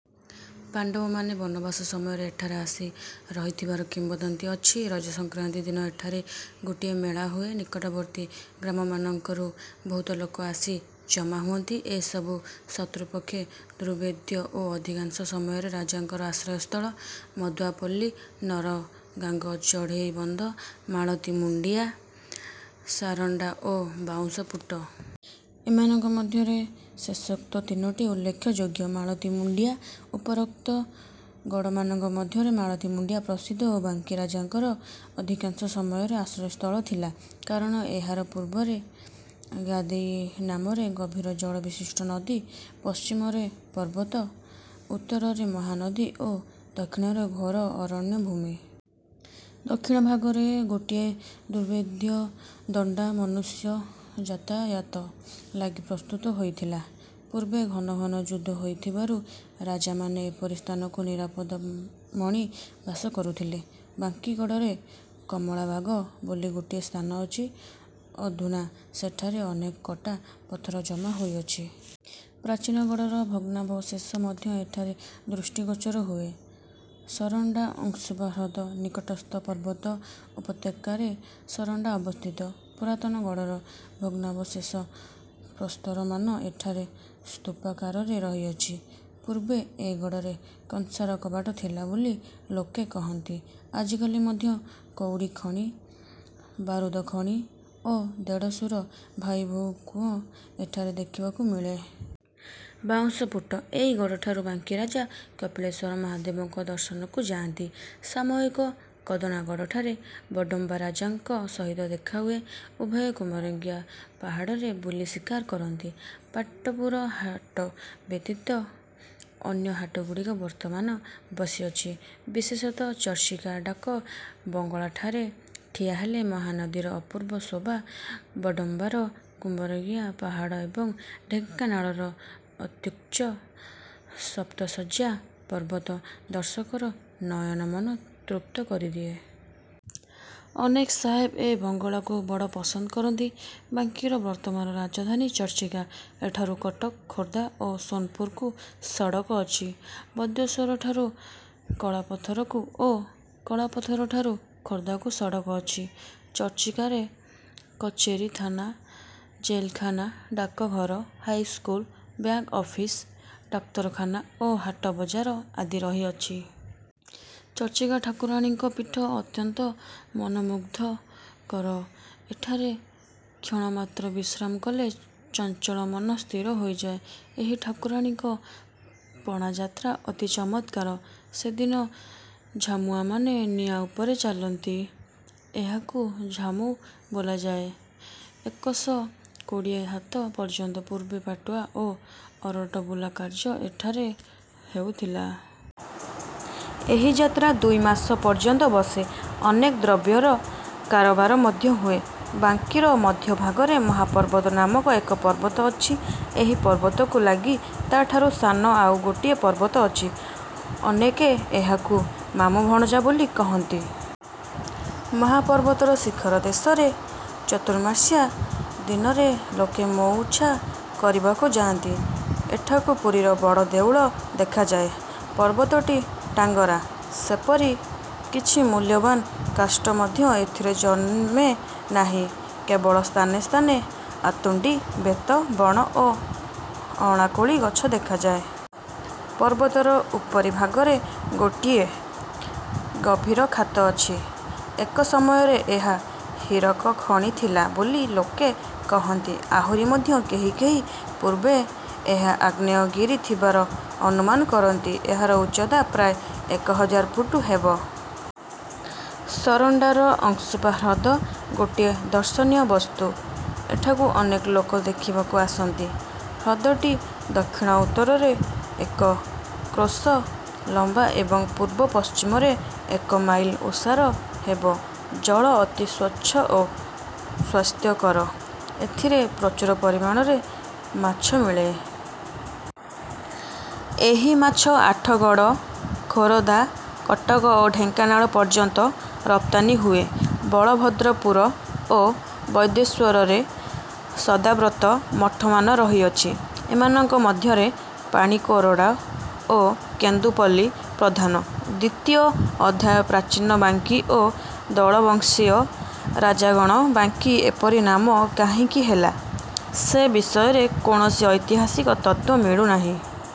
ପାଣ୍ଡବମାନେ ବନବାସ ସମୟରେ ଏଠାରେ ଆସି ରହିଥିବାର କିମ୍ବଦନ୍ତୀ ଅଛି। ରଜସଂକ୍ରାନ୍ତି ଦିନ ଏଠାରେ ଗୋଟିଏ ମେଳା ହୁଏ। ନିକଟବର୍ତ୍ତୀ ଗ୍ରାମମାନଙ୍କରୁ ବହୁତ ଲୋକ ଆସି ଜମା ହୁଅନ୍ତି। ଏ ସବୁ ଶତ୍ରୁପକ୍ଷେ ଦୁର୍ଭେଦ୍ୟ ଓ ଅଧିକାଂଶ ସମୟରେ ରାଜାଙ୍କର ଆଶ୍ରୟ ସ୍ଥଳ। ମଧୁଆ ପଲ୍ଲୀ, ନରଗାଙ୍ଗ, ଚଢ଼େଇବନ୍ଧ, ମାଳତୀ ମୁଣ୍ଡିଆ, ସରଣ୍ଡା ଓ ବାଉଁଶ ପୁଟ। ଏମାନଙ୍କ ମଧ୍ୟରେ ଶେଷୋକ୍ତ ତିନୋଟି ଉଲ୍ଲେଖଯୋଗ୍ୟ। ମାଳତୀମୁଣ୍ଡିଆ- ଉପରୋକ୍ତ ଗଡ଼ମାନଙ୍କ ମଧ୍ୟରେ ମାଳତୀ ମୁଣ୍ଡିଆ ପ୍ରସିଦ୍ଧ ଓ ବାଙ୍କୀ ରାଜାଙ୍କର ଅଧିକାଂଶ ସମୟରେ ଆଶ୍ରୟ ସ୍ଥଳ ଥିଲା; କାରଣ ଏହାର ପୂର୍ବରେ ଗୋଧେଇ ନାମରେ ଗଭୀର ଜଳବିଶିଷ୍ଟ ନଦୀ, ପଶ୍ଚିମରେ ପର୍ବତ, ଉତ୍ତରରେ ମହାନଦୀ ଓ ଦକ୍ଷିଣରେ ଘୋର ଅରଣ୍ୟଭୂମି। ଦକ୍ଷିଣ ଭାଗରେ, ଗୋଟିଏ ଦୁର୍ଭେଦ୍ୟ ଦଣ୍ଡା ମନୁଷ୍ୟ ଯାତାୟାତ ଲାଗି ପ୍ରସ୍ତୁତ ହୋଇଥିଲା। ପୂର୍ବେ ଘନ ଘନ ଯୁଦ୍ଧ ହୋଇଥିବାରୁ ରାଜାମାନେ ଏପରି ସ୍ଥାନକୁ ନିରାପଦ ମଣି ବାସ କରୁଥିଲେ। ବାଙ୍କୀ ଗଡ଼ରେ "କମଳା ବାଗ" ବୋଲି ଗୋଟିଏ ସ୍ଥାନ ଅଛି। ଅଧୁନା ସେଠାରେ ଅନେକ କଟା ପଥର ଜମା ହୋଇଅଛି। ପ୍ରାଚୀନ ଗଡ଼ର ଭଗ୍ନାବଶେଷ ମଧ୍ୟ ଏଠାରେ ଦୃଷ୍ଟିଗୋଚର ହୁଏ। ସରଣ୍ଡା- ଅଂଶୁପା ହ୍ରଦ ନିକଟସ୍ଥ ପର୍ବତ ଉପତ୍ୟକାରେ ସରଣ୍ଡା ଅବସ୍ଥିତ। ପୁରାତନ ଗଡ଼ର ଭଗ୍ନାବଶେଷ ପ୍ରସ୍ତରମାନ ଏଠାରେ ସ୍ତୂପାକାରରେ ରହିଅଛି। ପୂର୍ବେ ଏ ଗଡ଼ରେ କଂସାର କବାଟ ଥିଲା ବୋଲି ଲୋକେ କହନ୍ତି। ଆଜିକାଲି ମଧ୍ୟ କଉଡ଼ି ଖଣି, ବାରୁଦଖଣି ଓ ଦେଢ଼ଶୁର ଭାଇବୋହୂ କୂଅ ଏଠାରେ ଦେଖିବାକୁ ମିଳେ। ବାଉଁଶପୁଟ- ଏହି ଗଡ଼ଠାରୁ ବାଙ୍କୀରାଜା କପିଳେଶ୍ଵର ମହାଦେବଙ୍କ ଦର୍ଶନକୁ ଯାନ୍ତି। ସାମୟିକ କଦନା ଗଡ଼ଠାରେ ବଡ଼ମ୍ବା ରାଜାଙ୍କ ସହିତ ଦେଖା ହୁଏ। ଉଭୟେ କୁମରଙ୍ଗିଆ ପାହାଡ଼ରେ ବୁଲି ଶିକାର କରନ୍ତି। ପାଟପୁର ହାଟ ବ୍ୟତୀତ ଅନ୍ୟ ହାଟଗୁଡ଼ିକ ବର୍ତ୍ତମାନ ବସିଅଛି। ବିଶେଷତଃ ଚର୍ଚ୍ଚିକା ଡାକ ବଙ୍ଗଳାଠାରେ ଠିଆ ହେଲେ ମହାନଦୀର ଅପୂର୍ବ ଶୋଭା, ବଡ଼ମ୍ବାର କୁମରଙ୍ଗିଆ ପାହାଡ଼ ଏବଂ ଢେଙ୍କାନାଳର ଅତ୍ୟୁଚ୍ଚ ସପ୍ତଶଯ୍ୟା ପର୍ବତ ଦର୍ଶକର ନୟନମନ ତୃପ୍ତ କରିଦିଏ। ଅନେକ ସାହେବ ଏ ବଙ୍ଗଳାକୁ ବଡ଼ ପସନ୍ଦ କରନ୍ତି। ବାଙ୍କୀର ବର୍ତ୍ତମାନ ରାଜଧାନୀ ଚର୍ଚ୍ଚିକା। ଏଠାରୁ କଟକ, ଖୋର୍ଦ୍ଧା ଓ ସୋନପୁରକୁ ସଡ଼କ ଅଛି। ବୈଦ୍ୟେଶ୍ଵରଠାରୁ କଳାପଥରକୁ ଓ କଳାପଥରଠାରୁ ଖୋର୍ଦ୍ଧାକୁ ସଡ଼କ ଅଛି। ଚର୍ଚ୍ଚିକାରେ କଚେରୀ, ଥାନା, ଜେଲଖାନା, ଡାକଘର, ହାଇସ୍କୁଲ, ବ୍ୟାଙ୍କ୍ ଅଫିସ୍, ଡାକ୍ତରଖାନା ଓ ହାଟ ବଜାର ଆଦି ରହିଅଛି। ଚର୍ଚ୍ଚିକା ଠାକୁରାଣୀଙ୍କ ପୀଠ ଅତ୍ୟନ୍ତ ମନୋମୁଗ୍ଧକର। ଏଠାରେ କ୍ଷଣମାତ୍ର ବିଶ୍ରାମ କଲେ ଚଞ୍ଚଳ ମନ ସ୍ଥିର ହୋଇଯାଏ। ଏହି ଠାକୁରାଣୀଙ୍କ ପଣାଯାତ୍ରା ଅତି ଚମତ୍କାର। ସେ ଦିନ ଝାମୁଆଁମାନେ ନିଆଁ ଉପରେ ଚାଲନ୍ତି। ଏହାକୁ ଝାମୁ ବୋଲାଯାଏ। ଏକଶ କୋଡ଼ିଏ ହାତ ପର୍ଯ୍ୟନ୍ତ ପୂର୍ବେ ପାଟୁଆ ଓ ଅରଟ ବୁଲା କାର୍ଯ୍ୟ ଏଠାରେ ହେଉଥିଲା। ଏହି ଯାତ୍ରା ଦୁଇ ମାସ ପର୍ଯ୍ୟନ୍ତ ବସେ। ଅନେକ ଦ୍ରବ୍ୟର କାରବାର ମଧ୍ୟ ହୁଏ। ବାଙ୍କୀର ମଧ୍ୟଭାଗରେ ମହାପର୍ବତ ନାମକ ଏକ ପର୍ବତ ଅଛି। ଏହି ପର୍ବତକୁ ଲାଗି ତା ଠାରୁ ସାନ ଆଉ ଗୋଟିଏ ପର୍ବତ ଅଛି। ଅନେକେ ଏହାକୁ "ମାମୁ ଭଣଞ୍ଜା'' ବୋଲି କହନ୍ତି। ମହାପର୍ବତର ଶିଖର ଦେଶରେ ଚତୁର୍ମାସ୍ୟା ଦିନରେ ଲୋକେ ମଉଛା କରିବାକୁ ଯାନ୍ତି। ଏଠାକୁ ପୁରୀର ବଡ଼ ଦେଉଳ ଦେଖାଯାଏ। ପର୍ବତଟି ଟାଙ୍ଗରା। ସେପରି କିଛି ମୁଲ୍ୟବାନ୍ କାଷ୍ଠ ମଧ୍ୟ ଏଥିରେ ଜନ୍ମେ ନାହିଁ। କେବଳ ସ୍ଥାନେ ସ୍ଥାନେ ଆତୁଣ୍ଡି, ବେତ ବଣ ଓ ଅଁଳାକୋଳି ଗଛ ଦେଖାଯାଏ। ପର୍ବତର ଉପରି ଭାଗରେ ଗୋଟିଏ। ଗଭୀର ଖାତ ଅଛି। ଏକ ସମୟରେ ଏହା ହୀରକ ଖଣି ଥିଲା ବୋଲି ଲୋକେ କହନ୍ତି। ଆହୁରି ମଧ୍ୟ କେହି କେହି ପୂର୍ବେ ଏହା ଆଗ୍ନେୟଗିରି ଥିବାର ଅନୁମାନ କରନ୍ତି। ଏହାର ଉଚ୍ଚତା ପ୍ରାୟ ଏକ ହଜାର ଫୁଟ ହେବ। ସରଣ୍ଡାର ଅଂଶୁପା ହ୍ରଦ ଗୋଟିଏ ଦର୍ଶନୀୟ ବସ୍ତୁ। ଏଠାକୁ ଅନେକ ଲୋକ ଦେଖିବାକୁ ଆସନ୍ତି। ହ୍ରଦଟି ଦକ୍ଷିଣ ଉତ୍ତରରେ ଏକ କ୍ରୋଶ ଲମ୍ବା ଏବଂ ପୂର୍ବ ପଶ୍ଚିମରେ ଏକ ମାଇଲ ଓସାର ହେବ। ଜଳ ଅତି ସ୍ଵଚ୍ଛ ଓ ସ୍ଵାସ୍ଥ୍ୟକର। ଏଥିରେ ପ୍ରଚୁର ପରିମାଣରେ ମାଛ ମିଳେ। ଏହି ମାଛ ଆଠଗଡ଼, ଖୋରଧା, କଟକ ଓ ଢେଙ୍କାନାଳ ପର୍ଯ୍ୟନ୍ତ ରପ୍ତାନି ହୁଏ। ବଳଭଦ୍ରପୁର ଓ ବୈଦ୍ୟେଶ୍ଵରରେ ସଦାବ୍ରତ ମଠମାନ ରହିଅଛି। ଏମାନଙ୍କ ମଧ୍ୟରେ ପାଣିକୋରଡ଼ ଓ କେନ୍ଦୁପଲ୍ଲୀ ପ୍ରଧାନ। ଦ୍ଵିତୀୟ ଅଧ୍ୟାୟ ପ୍ରାଚୀନ ବାଙ୍କୀ ଓ ଧଳବଂଶୀୟ ରାଜାଗଣ ବାଙ୍କୀ ଏପରି ନାମ କାହିଁକି ହେଲା, ସେ ବିଷୟରେ କୌଣସି ଐତିହାସିକ ତତ୍ତ୍ଵ ମିଳୁ ନାହିଁ।